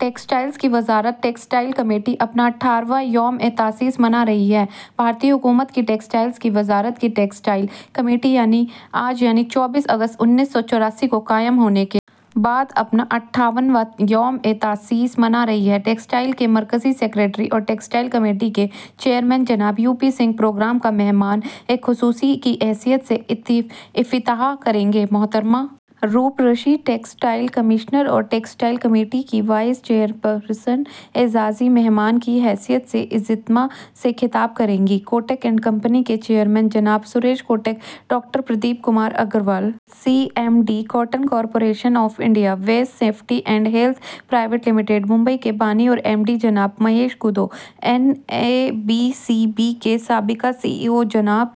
textiles کی وزارت textile committee اپنا اتھاون واں یوم تاسیس منا رہی ہے بھارتی حکومت کی ٹیکسٹائل کی وزارت کی ٹیکسٹائل کمیٹی آج یعنی چوبیس اگست انیس سو چوٹھ کو قائم ہونے کے بعد اپنا اتھاون واں یوم تاسیس منا رہی ہے ٹیکسٹائل کے مرکزی سکریٹری اور ٹیکسٹائل کمیٹی کے چیئرمین جناب یو پی سنگھ پروگرام کا مہمان خصوصی کی حیثیت سے افتتاح کریں گے محترمہ روپ رشی ٹیکسٹائل کمشنر اور ٹیکسٹائل کمیٹی کی وائس چیئر پرسن اعزازی مہمان کی حیثیت سے اجتماع سے خطاب کریں گی کوٹک اینڈ کمپنی کے چیئرمین جناب Suresh Kotak doctor Pradeep Kumar Agarwal C M D cotton corporation of India Venice safety and health private limited Mumbai کے بانی اور ایم ڈی جناب Mahesh Kodu N A B C B کے سابق سی ای او جناب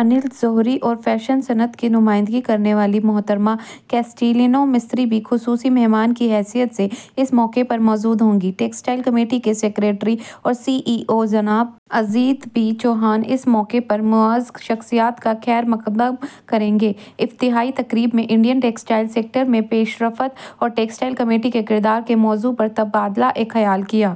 انل جوہری اور فیشن صنعت کی نمائندگی کرنے والی محترمہ کیسٹلینو مستری بھی خصوصی مہمان کی حیثیت سے اس موقع پر موجود ہوں گی ٹیکسٹائل کمیٹی کے سکریٹری اور سی ای او جناب اجیت بی چوہان اس موقع پر معزز شخصیات کا خیر مقدم کریں گے افتتاحی تقریب میں انڈین ٹیکسٹائل سیکٹر میں پیش رفت اور ٹیکسٹائل کمیٹی کے کردار کے موضوع پر تبادلہ خیال کیا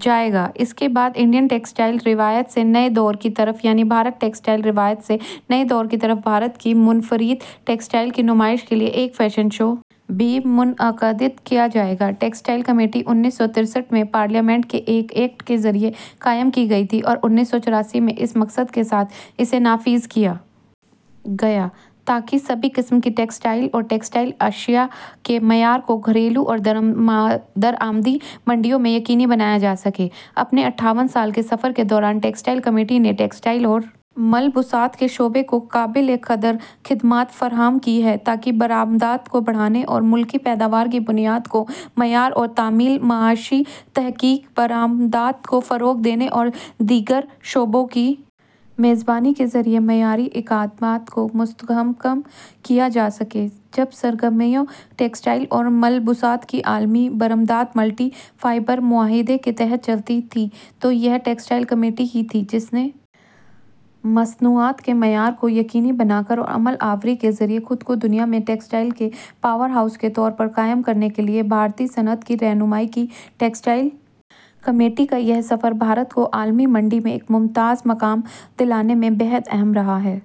جائے گا اس کے بعد انڈین ٹیکسٹائلز روایت سے نئے دور کی طرف یعنی بھارتی ٹیکسٹائل روایات سے نئے دور کی طرف بھارت کی منفرد ٹیکسٹائل کی نمائش کے لیے ایک فیشن شو بھی منعقد کیا جائے گا ٹیکسٹائل کمیٹی انیس سو تریسٹھ میں پارلیمنٹ کے ایک ایکٹ کے ذریعہ قائم کی گئی تھی اور انیس سو چوٹھ میں اس مقصد کے ساتھ اسے نافذ کیا گیا تاکہ سبھی قسم کی ٹیکسٹائل اور ٹیکسٹائل اشیا کے معیار کو گھریلو اور درآمدی منڈیوں میں یقینی بنایا جا سکے اپنے اتھاون سال کے سفر کے دوران ٹیکسٹائل کمیٹی نے ٹیکسٹائل اور ملبوسات کے شعبے کو قابل قدر خدمات فراہم کی ہیں تاکہ برآمدات کو بڑھانے اور ملکی پیداوار کی بنیاد کو معیار اور تعمیل اقتصادی تحقیق برآمدات کو فروغ دینے اور دیگر شعبوں کی میزبانی کے ذریعے معیاری اقدامات کو مستحکم کیا جا سکے جب سرگرمیاں ٹیکسٹائل اور ملبوسات کی عالمی برآمدات ملٹی فائبر معاہدے کے تحت چلتی تھیں تو یہ ٹیکسٹائل کمیٹی ہی تھی جس نے مصنوعات کے معیار کو یقینی بنا کر اور عمل آوری کے ذریعے خود کو دنیا میں ٹیکسٹائل کے پاور ہاؤس کے طور پر قائم کرنے کے لیے بھارتی صنعت کی رہنمائی کی ٹیکسٹائل کمیٹی کا یہ سفر بھارت کو عالمی منڈی میں ایک ممتاز مقام دلانے میں بے حد اہم رہا ہے